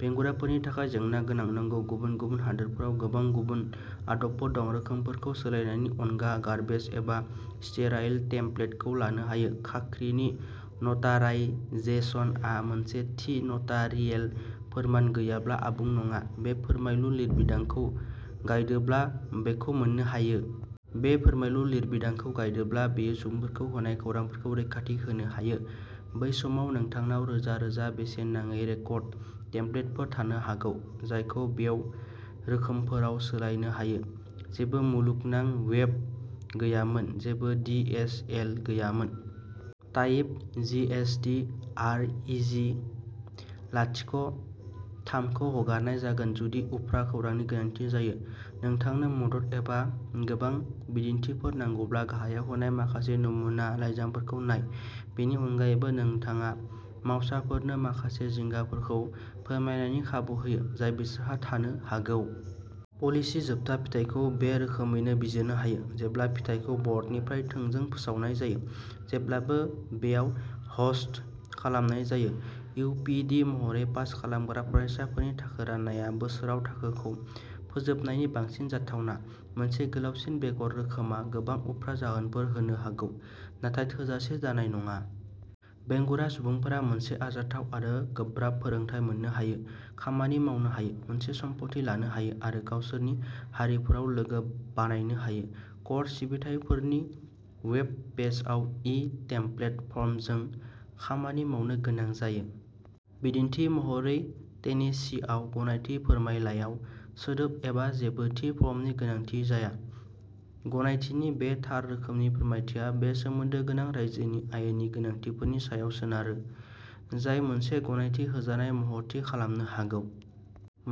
बेंगुराफोरनि थाखाय जेंना गोनां। नंगौ गुबुन गुबुन हादोरफोराव गोबां गुबुन आदबफोर दं। रोखोमफोरखौ सोलायनायनि अनगा गार्बेज एबा स्टेराइल टेमप्लेटखौ लानो हायो। खाख्रिनि नटाराइजेसनआ मोनसे थि नटारियेल फोरमान गैयाब्ला आबुं नङा। बे फोरमायलु लिरबिदांखौ गायदोब्ला बेखौ मोननो हायो। बे फोरमायलु लिरबिदांखौ गायदोब्ला बेयो सुबुंफोरखौ होनाय खौरांफोरखौ रैखाथि होनो हायो। बै समाव नोंथांनाव रोजा रोजा बेसेन नाङै रेकर्ड टेमप्लेटफोर थानो हागौ जायखौ वेब रोखोमफोराव सोलायनो हायो। जेबो मुलुगनां वेब गैयामोन, जेबो डि एस एल गैयामोन। टाइप जिएसटि आरइजि लाथिख’ थामखौ हगारनाय जागोन जुदि उफ्रा खौरांनि गोनांथि जायो। नोंथांनो मदद एबा गोबां बिदिन्थिफोर नांगौब्ला गाहायाव होनाय माखासे नमुना लाइजामफोरखौ नाय। बेनि अनगायैबो, नोंथाङा मावसाफोरनो माखासे जिंगाफोरखौ फोरमायनायनि खाबु होयो, जाय बिसोरहा थानो हागौ। पलिसि जोबथा फिथायखौ बे रोखोमैनो बिजिरनो हायो, जेब्ला फिथाइखौ बर्डनिफ्राय थोंजों फोसावनाय जायो, जेब्लाबो बेयाव ह'स्ट खालामनाय जायो। इउ पि डि महरै, पास खालामग्रा फरायसाफोरनि थाखो राननाया बोसोराव थाखोखौ फोजोबनायनि बांसिन जाथावना। मोनसे गोलावसिन बेगर रोखोमआ गोबां उफ्रा जाहोनफोर होनो हागौ, नाथाय थोजासे जानाय नङा। बेंगुरा सुबुंफोरा मोनसे आरजाथाव आरो गोब्राब फोरोंथाय मोननो हायो, खामानि मावनो हायो, मोनसे सम्पथि लानो हायो, आरो गावसोरनि हारिफोराव लोगो बानायनो हायो। कर्ट सिबिथाइफोरनि वेब पेजआव इ टेमप्लेट फर्मजों खामानि मावनो गोनां जायो। बिदिन्थि महरै, टेनेसीआव गनायथि फोरमानलाइयाव सोदोब एबा जेबो थि फर्मनि गोनांथि जाया। गनायथिनि बे थार रोखोमनि फोरमानथिया बे सोमोन्दो गोनां रायजोनि आयेननि गोनांथिफोरनि सायाव सोनारो, जाय मोनसे गनायथि होजानाय महर थि खालामनो हागौ।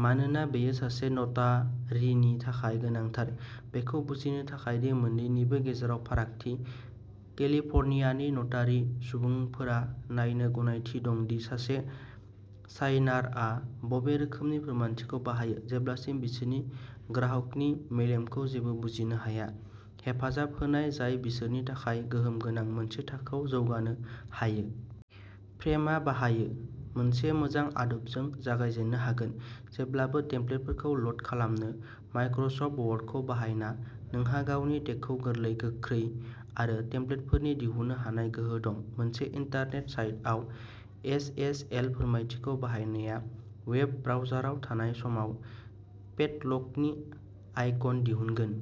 मानोना बेयो सासे नटारीनि थाखाय गोनांथार। बेखौ बुजिनो थाखाय दि मोननैनिबो गेजेराव फारागथि, केलिफर्नियानि नटारि सुबुंफोरा नायनो गनायथि दं दि सासे साइनारआ बबे रोखोमनि फोरमानथिखौ बाहायो। जेब्लासिम बिसोरनि ग्राहकनि मेलेमखौ जेबो बुजिनो हाया, हेफाजाब होनाय जाय बिसोरनि थाखाय गोहोम गोनां, मोनसे थाखोआव जौगानो हायो। फ्रेमआ बाहायो। मोनसे मोजां आदबजों जागायजेननो हागोन, जेब्लाबो टेमप्लेटफोरखौ ल'ड खालामनो। माइक्र'सफ्ट वर्डखौ बाहायना, नोंहा गावनि टेगखौ गोरलै, गोख्रै आरो टेमप्लेटफोर दिहुननो हानाय गोहो दं। मोनसे इन्टारनेट साइटआव एस एस एल फोरमानथिखौ बाहायनाया वेब ब्राउजाराव थानाय समाव पेड लकनि आइकन दिहुनगोन।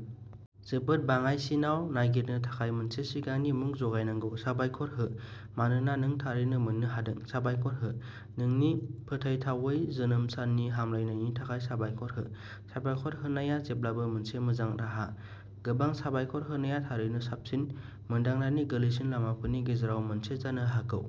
जोबोद बाङाइसिनाव नागिरनो थाखाय मोनसे सिगांनि मुं जगायनांगौ। साबायखर हो, मानोना नों थारैनो मोननो हादों। साबायखर हो। नोंनि फोथायथावै जोनोम साननि हामलायनायनि थाखाय साबायखर हो साबायखर होनाया जेब्लाबो मोनसे मोजां राहा। गोबां साबायखर होनाया थारैनो साबसिन मोनदांनायनि गोरलैसिन लामाफोरनि गेजेराव मोनसे जानो हागौ।